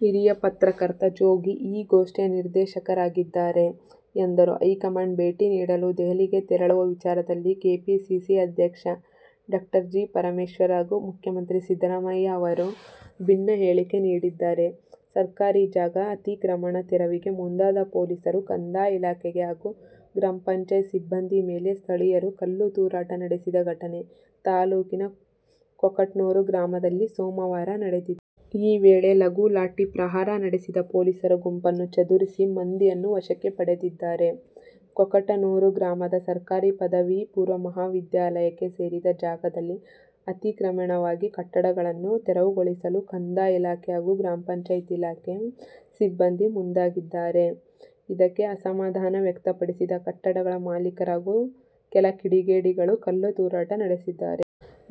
ಹಿರಿಯ ಪತ್ರಕರ್ತ ಜೋಗಿ ಈ ಗೋಷ್ಠಿಯ ನಿರ್ದೇಶಕರಾಗಿದ್ದಾರೆ ಎಂದರು. ಹೈಕಮಾಂಡ್ ಭೇಟಿ ಮಾಡಲು ದೆಹಲಿಗೆ ತೆರಳುವ ವಿಚಾರದಲ್ಲಿ ಕೆಪಿಸಿಸಿ ಅಧ್ಯಕ್ಷ ಡಾ. ಜಿ. ಪರಮೇಶ್ವರ್ ಹಾಗೂ ಮುಖ್ಯಮಂತ್ರಿ ಸಿದ್ದರಾಮಯ್ಯ ಅವರು ಭಿನ್ನ ಹೇಳಿಕೆ ನೀಡಿದ್ದಾರೆ. ಸರ್ಕಾರಿ ಜಾಗದ ಅತಿಕ್ರಮಣ ತೆರವಿಗೆ ಮುಂದಾದ ಪೊಲೀಸರು, ಕಂದಾಯ ಇಲಾಖೆ ಹಾಗೂ ಗ್ರಾಪಂ ಸಿಬ್ಬಂದಿ ಮೇಲೆ ಸ್ಥಳೀಯರು ಕಲ್ಲು ತೂರಾಟ ನಡೆಸಿದ ಘಟನೆ ತಾಲೂಕಿನ ಕೊಕಟನೂರ ಗ್ರಾಮದಲ್ಲಿ ಸೋಮವಾರ ನಡೆದಿದೆ. ಈ ವೇಳೆ ಲಘು ಲಾಠಿ ಪ್ರಹಾರ ನಡೆಸಿದ ಪೊಲೀಸರು ಗುಂಪನ್ನು ಚದುರಿಸಿ, ಮಂದಿಯನ್ನು ವಶಕ್ಕೆ ಪಡೆದಿದ್ದಾರೆ. ಕೊಕಟನೂರು ಗ್ರಾಮದ ಸರ್ಕಾರಿ ಪದವಿ ಪೂರ್ವ ಮಹಾವಿದ್ಯಾಲಯಕ್ಕೆ ಸೇರಿದ ಜಾಗದಲ್ಲಿ ಅತಿಕ್ರಮಣವಾಗಿ ಕಟ್ಟಡಗಳನ್ನು ತೆರವುಗೊಳಿಸಲು ಕಂದಾಯ ಇಲಾಖೆ ಹಾಗೂ ಗ್ರಾಪಂ ಇಲಾಖೆ ಸಿಬ್ಬಂದಿ ಮುಂದಾಗಿದ್ದಾರೆ. ಇದಕ್ಕೆ ಅಸಮಾಧಾನ ವ್ಯಕ್ತಪಡಿಸಿದ ಕಟ್ಟಡಗಳ ಮಾಲೀಕರು ಹಾಗೂ ಕೆಲ ಕಿಡಿಗೇಡಿಗಳು ಕಲ್ಲು ತೂರಾಟ ನಡೆಸಿದ್ದಾರೆ.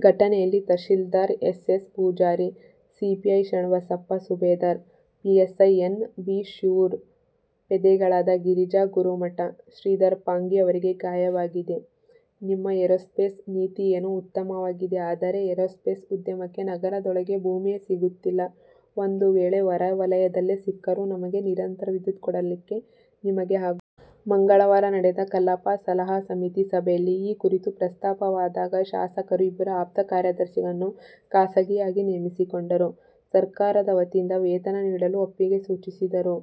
ಘಟನೆಯಲ್ಲಿ tahsildar S. S. Pujari, CPI Sharanabasappa ಸುಬೇದಾರ, ಪಿಎಸ್ಐ ಎನ್. ಬಿ. ಶಿವೂರ, ಪೇದೆಗಳಾದ ಗಿರಿಜಾ ಗುರುಮಠ, ಶ್ರೀಧರ ಪಾಂಗಿ ಅವರಿಗೆ ಗಾಯವಾಗಿದೆ. ನಿಮ್ಮ ಏರೋಸ್ಪೇಸ್ ನೀತಿಯೇನೋ ಉತ್ತಮವಾಗಿದೆ. ಆದರೆ, ಏರೋಸ್ಪೇಸ್ ಉದ್ಯಮಕ್ಕೆ ನಗರದೊಳಗೆ ಭೂಮಿಯೇ ಸಿಗುತ್ತಿಲ್ಲ. ಒಂದು ವೇಳೆ ಹೊರವಲಯದಲ್ಲೇ ಸಿಕ್ಕರೂ ನಮಗೆ ನಿರಂತರ ವಿದ್ಯುತ್ ಕೊಡಲಿಕ್ಕೆ ನಿಮಗೆ ಆಗುತ್ತಾ? ಮಂಗಳವಾರ ನಡೆದ ಕಲಾಪ ಸಲಹಾ ಸಮಿತಿ ಸಭೆಯಲ್ಲಿ ಈ ಕುರಿತು ಪ್ರಸ್ತಾಪವಾದಾಗ, ಶಾಸಕರು ಇಬ್ಬರು ಆಪ್ತ ಕಾರ್ಯದರ್ಶಿಗಳನ್ನು ಖಾಸಗಿಯಾಗಿ ನೇಮಿಸಿಕೊಂಡರೂ ಸರ್ಕಾರದ ವತಿಯಿಂದ ವೇತನ ನೀಡಲು ಒಪ್ಪಿಗೆ ಸೂಚಿಸಿದರು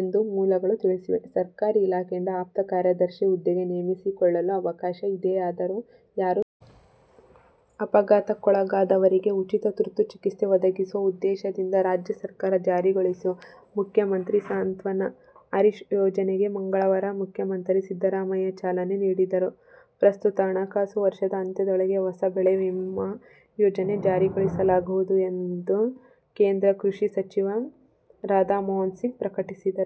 ಎಂದು ಮೂಲಗಳು ತಿಳಿಸಿವೆ. ಸರ್ಕಾರಿ ಇಲಾಖೆಯಿಂದ ಆಪ್ತ ಕಾರ್ಯದರ್ಶಿ ಹುದ್ದೆಗೆ ನೇಮಿಸಿಕೊಳ್ಳಲು ಅವಕಾಶ ಇದೆಯಾದರೂ ಯಾರೂ ಸಿಗುತ್ತಿಲ್ಲ. ಅಪಘಾತಕ್ಕೊಳಗಾದವರಿಗೆ ಉಚಿತ ತುರ್ತು ಚಿಕಿತ್ಸೆ ಒದಗಿಸುವ ಉದ್ದೇಶದಿಂದ ರಾಜ್ಯ ಸರ್ಕಾರ ಜಾರಿಗೊಳಿಸಿರುವ "ಮುಖ್ಯಮಂತ್ರಿ ಸಾಂತ್ವನ ಹರೀಶ್ ಯೋಜನೆಗೆ"ಗೆ ಮಂಗಳವಾರ ಮುಖ್ಯಮಂತ್ರಿ ಸಿದ್ದರಾಮಯ್ಯ ಚಾಲನೆ ನೀಡಿದರು. ಪ್ರಸ್ತುತ ಹಣಕಾಸು ವರ್ಷದ ಅಂತ್ಯದೊಳಗೆ ಹೊಸ ಬೆಳೆ ವಿಮಾ ಯೋಜನೆ ಜಾರಿಗೊಳಿಸಲಾಗುವುದು ಎಂದು ಕೇಂದ್ರ ಕೃಷಿ ಸಚಿವ ರಾಧಾಮೋಹನ್ ಸಿಂಗ್ ಪ್ರಕಟಿಸಿದರು.